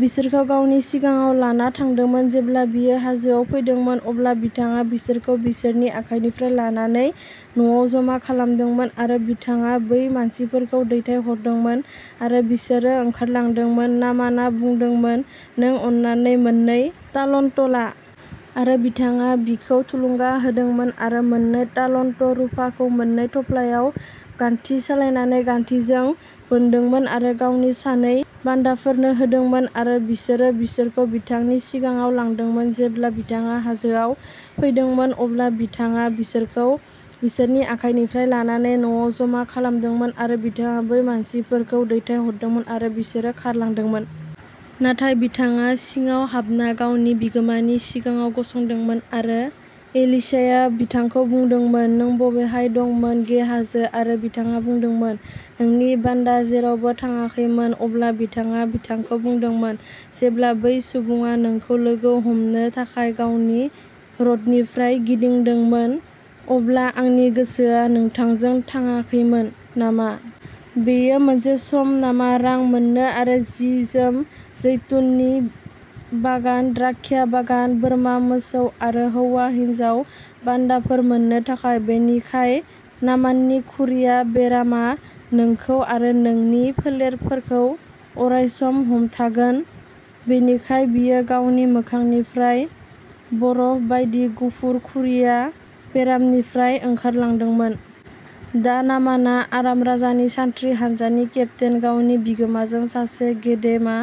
बिसोरखौ गावनि सिगाङाव लाना थांदोंमोन। जेब्ला बियो हाजोआव फैदोंमोन, अब्ला बिथाङा बिसोरखौ बिसोरनि आखाइनिफ्राय लानानै न'आव जमा खालामदोंमोन, आरो बिथाङा बै मानसिफोरखौ दैथायहरदोंमोन, आरो बिसोरो ओंखारलांदोंमोन। नामाना बुंदोंमोन, "नों अननानै मोननै तालन्त' ला।" आरो बिथाङा बिखौ थुलुंगा होदोंमोन, आरो मोन्नै तालन्त' रुफाखौ मोन्नै थफ्लायाव गान्थि सोलायनानै गान्थिजों बोनदोंमोन आरो गावनि सानै बान्दाफोरनो होदोंमोन आरो बिसोरो बिसोरखौ बिथांनि सिगाङाव लांदोंमोन। जेब्ला बिथाङा हाजोआव फैदोंमोन, अब्ला बिथाङा बिसोरखौ बिसोरनि आखाइनिफ्राय लानानै न'आव जमा खालामदोंमोन, आरो बिथाङा बै मानसिफोरखौ दैथायहरदोंमोन, आरो बिसोरो खारलांदोंमोन। नाथाय बिथाङा सिङाव हाबना गावनि बिगोमानि सिगाङाव गसंदोंमोन। आरो एलिशाया बिथांखौ बुंदोंमोन, "नों बबेहाय दंमोन, गेहाजो?" आरो बिथाङा बुंदोंमोन, "नोंनि बान्दा जेरावबो थाङाखैमोन।" अब्ला बिथाङा बिथांखौ बुंदोंमोन, "जेब्ला बै सुबुङा नोंखौ लोगो हमनो थाखाय गावनि रथनिफ्राय गिदिंदोंमोन, अब्ला आंनि गोसोआ नोंथांजों थाङाखैमोन नामा? बेयो मोनसे सम नामा? रां मोन्नो आरो जि जोम, जैतुननि बागान, द्राक्षा बागान, बोरमा मोसौ आरो हौवा हिन्जाव बान्दाफोर मोन्नो थाखाय? "बिनिखाय, नामाननि खुरिया बेरामआ नोंखौ आरो नोंनि फोलेरफोरखौ अरायसम हमथागोन।" बिनिखाय बियो गावनि मोखांनिफ्राय बरफ बायदि गुफुर खुरिया बेरामनिफ्राय ओंखारलांदोंमोन। दा नामाना, आराम राजानि सान्थ्रि हानजानि केप्तेन, गावनि बिगोमाजों सासे गेदेमा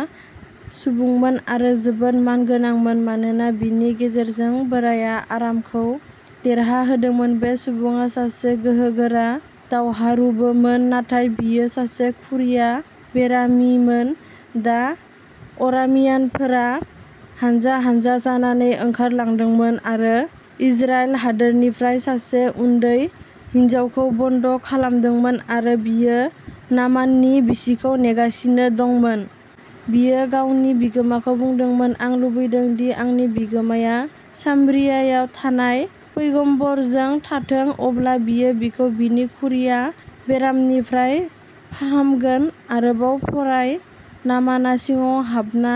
सुबुंमोन, आरो जोबोद मानगोनांमोन, मानोना बिनि गेजेरजों बोराया आरामखौ देरहाहोदोंमोन। बे सुबुङा सासे गोहोगोरा दावहारुबोमोन, नाथाय बियो सासे खुरिया बेरामिमोन। दा अरामियानफोरा हान्जा हान्जा जानानै ओंखारलांदोंमोन आरो इजराइल हादोरनिफ्राय सासे उन्दै हिनजावखौ बन्द' खालामदोंमोन; आरो बियो नामाननि बिसिखौ नेगासिनो दंमोन। बियो गावनि बिगोमाखौ बुंदोंमोन, "आं लुबैदों दि आंनि बिगोमाया सामरियायाव थानाय पैगम्बरजों थाथों। अब्ला बियो बिखौ बिनि खुरिया बेरामनिफ्राय फाहामगोन।" आरोबाव फराय। नामानआ सिङाव हाबना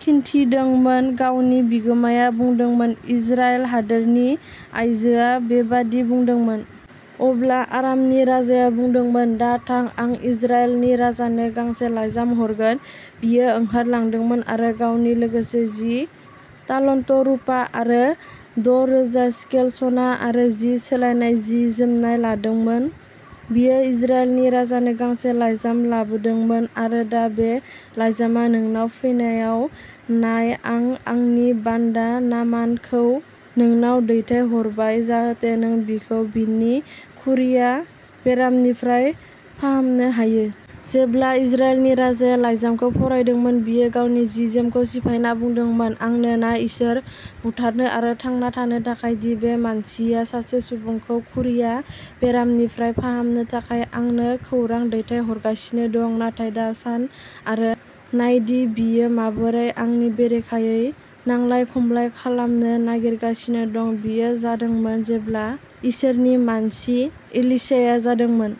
खिन्थिदोंमोन। गावनि बिगोमाया बुंदोंमोन, "इजराइल हादोरनि आइजोआ बेबायदि बुंदोंमोन।" अब्ला आरामनि राजाया बुंदोंमोन, "दा थां, आं इजराइलनि राजानो गांसे लाइजाम हरगोन।" बियो ओंखारलांदोंमोन आरो गावनि लोगोसे जि तालन्त' रुपा आरो द' रोजा शेकेल सना आरो जि सोलायनाय जि जोमनाय लादोंमोन। बियो इजराइलनि राजानो गांसे लाइजाम लाबोदोंमोन, "आरो दा बे लाइजामआ नोंनाव फैनायाव, नाय, आं आंनि बान्दा नामानखौ नोंनाव दैथायहरबाय, जाहाथे नों बिखौ बिनि खुरिया बेरामनिफ्राय फाहामनो हायो।" जेब्ला इजराइलनि राजाया लाइजामखौ फरायदोंमोन, बियो गावनि जि जोमखौ जिफायना बुंदोंमोन, "आंनो ना इसोर, बुथारनो आरो थांना थानो थाखाय, दि बे मानसिया सासे सुबुंखौ खुरिया बेरामनिफ्राय फाहामनो थाखाय आंनो खौरां दैथायहरगासिनो दं? नाथाय दा सान, आरो नायदि बियो माबोरै आंनि बेरेखायै नांलाय खमलाय खालामनो नागिरगासिनो दं।" बेयो जादोंमोन जेब्ला इसोरनि मानसि एलिशाया जादोंमोन।